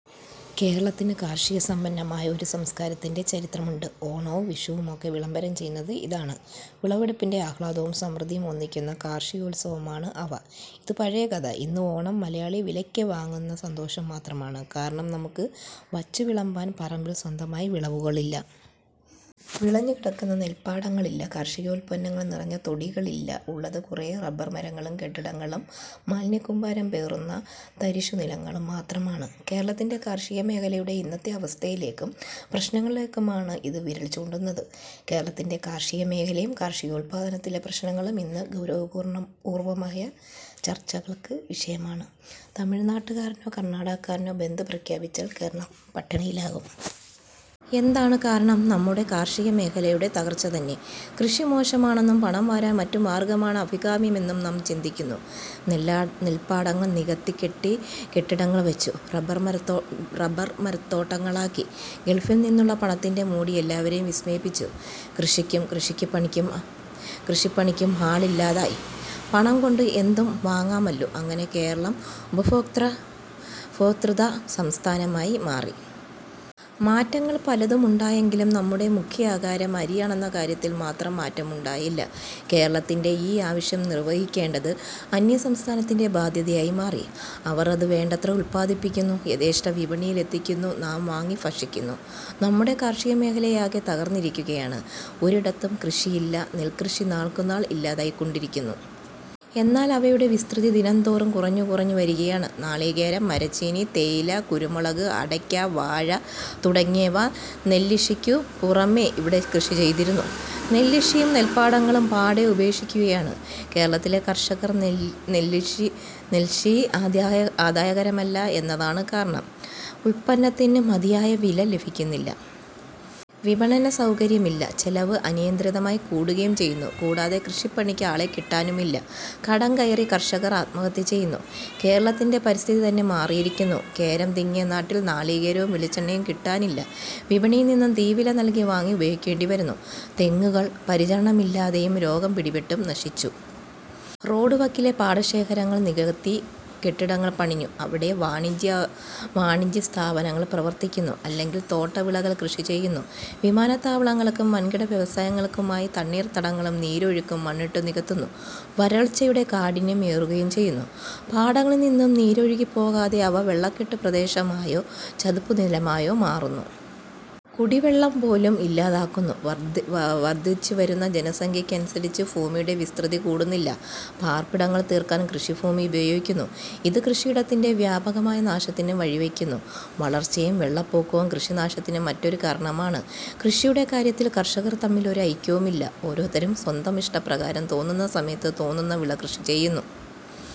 കേരളത്തിനു കാർഷികസമ്പന്നമായ ഒരു സംസ്കാരത്തിന്റെ ചരിത്ര മുണ്ട്. ഓണവും വിഷുവുമൊക്കെ വിളംബരം ചെയ്യുന്നത് ഇതാണ്. വിളവെടുപ്പിന്റെ ആഹ്ലാദവും സമൃദ്ധിയും ഒന്നിക്കുന്ന കാർഷി കോത്സവമാണ് അവ. ഇതു പഴയ കഥ. ഇന്ന് ഓണം മലയാളി വിലയ്ക്ക വാങ്ങുന്ന സന്തോഷം മാത്രമാണ്. കാരണം നമുക്കു വച്ചുവിളമ്പാൻ പറമ്പിൽ സ്വന്തമായി വിളവുകൾ ഇല്ല. വിളഞ്ഞുകിടക്കുന്ന നെല്പാട ങ്ങളില്ല. കാർഷികോത്പന്നങ്ങൾ നിറഞ്ഞ തൊടികളില്ല. ഉള്ളത് കുറെ റബ്ബർ മരങ്ങളും കെട്ടിടങ്ങളും മാലിന്യക്കൂമ്പാരം പേറുന്ന തരിശുനി ലങ്ങളും മാത്രമാണ്. കേരളത്തിന്റെ കാർഷികമേഖലയുടെ ഇന്നത്ത അവസ്ഥയിലേക്കും പ്രശ്നങ്ങളിലേക്കുമാണ് ഇതു വിരൽചൂണ്ടുന്നത്. കേരളത്തിന്റെ കാർഷികമേഖലയും കാർഷികോത്പാദനത്തിലെ പ്രശ്നങ്ങളും ഇന്നു ഗൗരവപൂർവ്വമായ ചർച്ചകൾക്കു വിഷയമാണ്. തമിഴ്നാട്ടുകാരനോ കർണ്ണാടകക്കാരനോ ബന്ദ് പ്രഖ്യാപിച്ചാൽ കേരളം പട്ടിണിയിലാകും. എന്താണു കാരണം? നമ്മുടെ കാർഷികമേഖലയുടെ തകർച്ചതന്നെ. കൃഷി മോശമാണെന്നും പണംവാരാൻ മറ്റു മാർഗ്ഗമാണ് അഭികാമ്യമെന്നും നാം ചിന്തിക്കുന്നു. നെല്പാടങ്ങൾ നികത്തി കെട്ടി ടങ്ങൾവച്ചു. റബ്ബർമരത്തോട്ടങ്ങളാക്കി. ഗൾഫിൽനിന്നുള്ള പണത്തിന്റെ മോടി എല്ലാവരെയും വിസ്മയിപ്പിച്ചു. കൃഷിക്കും കൃഷിപ്പണിക്കും ആളില്ലാതായി. പണംകൊണ്ട് എന്തും വാങ്ങാമല്ലോ. അങ്ങനെ കേരളം ഉപഭോക്തൃത സംസ്ഥാനമായി മാറി. മാറ്റങ്ങൾ പലതുമുണ്ടായെങ്കിലും നമ്മുടെ മുഖ്യാഹാരം അരിയാ ണെന്ന കാര്യത്തിൽ മാത്രം മാറ്റമുണ്ടായില്ല. കേരളത്തിന്റെ ഈ ആവ ശ്യം നിർവഹിക്കേണ്ടത് അന്യസംസ്ഥാനത്തിന്റെ ബാധ്യതയായി മാറി. അവർ അത് വേണ്ടത്ര ഉത്പാദിപ്പിക്കുന്നു. യഥേഷ്ടം വിപണിയിൽ എത്തിക്കുന്നു. നാം വാങ്ങി ഭക്ഷിക്കുന്നു. നമ്മുടെ കാർഷികമേഖലയാകെ തകർന്നിരിക്കുകയാണ്. ഒരിടത്തും കൃഷിയില്ല. നെൽക്ക്യഷി നാൾക്കുനാൾ ഇല്ലാതായിക്കൊണ്ടിരിക്കുന്നു. എന്നാൽ അവയുടെ വിസ്തൃതി ദിനന്തോറും കുറഞ്ഞുകു റഞ്ഞു വരികയാണ്. നാളികേരം, മരച്ചീനി, തേയില, കുരുമുളക്, അട യ്ക്ക, വാഴ തുടങ്ങിയവ നെല്ഷിക്കു പുറമേ ഇവിടെ കൃഷി ചെയ്തിരുന്നു. നെല്ഷിയും നെല്പാടങ്ങളും പാടേ ഉപേക്ഷിക്കു കയാണ് കേരളത്തിലെ കർഷകർ. നെല്ഷി ആദായകരമല്ല എന്ന താണ് കാരണം. ഉത്പന്നത്തിനു മതിയായ വില ലഭിക്കുന്നില്ല. വിപണന സൗകര്യമില്ല. ചെലവ് അനിയന്ത്രിതമായി കൂടുകയും ചെയ്യുന്നു. കൂടാതെ കൃഷിപ്പണിക്ക് ആളെ കിട്ടാനുമില്ല. കടം കയറി കർഷകർ ആത്മാഹത്യ ചെയ്യുന്നു. കേരളത്തിന്റെ പരിസ്ഥിതിതന്നെ മാറിയിരിക്കുന്നു. കേരം തിങ്ങിയ നാട്ടിൽ നാളികേരവും വെളിച്ചെണ്ണയും കിട്ടാനില്ല. വിപണിയിൽനിന്നും തീവില നൽകി വാങ്ങി ഉപയോഗിക്കേണ്ടിവരുന്നു. തെങ്ങുകൾ പരിച രണമില്ലാതെയും രോഗം പിടിപെട്ടും നശിച്ചു. റോഡുവക്കിലെ പാടശേ ഖരങ്ങൾ നികത്തി കെട്ടിടങ്ങൾ പണിഞ്ഞു. അവിടെ വാണിജ്യസ്ഥാ പനങ്ങൾ പ്രവർത്തിക്കുന്നു. അല്ലെങ്കിൽ തോട്ടവിളകൾ കൃഷി ചെയ്യുന്നു. വിമാനത്താവളങ്ങൾക്കും വൻകിട വ്യവസായങ്ങൾക്കുമായി തണ്ണീർ ത്തടങ്ങളും നീരൊഴുക്കും മണ്ണിട്ടു നികത്തുന്നു. വരൾച്ചയുടെ കാഠി ന്യം ഏറുകയും ചെയ്യുന്നു. പാടങ്ങളിൽനിന്നും നീരൊഴുകിപ്പോകാതെ അവ വെള്ളക്കെട്ടു പ്രദേശമായോ ചതുപ്പുനിലമായോ മാറുന്നു. കുടി വെള്ളപോലും ഇല്ലാതാകുന്നു. വർദ്ധിച്ചുവരുന്ന ജനസംഖ്യയ്ക്കനുസരിച്ച് ഭൂമിയുടെ വിസ്തൃതി കൂടുന്നില്ല. പാർപ്പിടങ്ങൾ തീർക്കാൻ കൃഷിഭൂമി ഉപയോഗിക്കുന്നു. ഇതു കൃഷിയിടത്തിന്റെ വ്യാപകമായ നാശത്തിനു വഴിവയ്ക്കുന്നു. വളർച്ചയും വെള്ളപ്പൊക്കവും കൃഷിനാശത്തിനു മറ്റൊരു കാരണ മാണ്. കൃഷിയുടെ കാര്യത്തിൽ കർഷകർ തമ്മിൽ ഒരു ഐക്യവുമില്ല. ഓരോത്തരും സ്വന്തം ഇഷ്ടപ്രകാരം തോന്നുന്നസമയത്ത് തോന്നുന്ന വിള കൃഷി ചെയ്യുന്നു.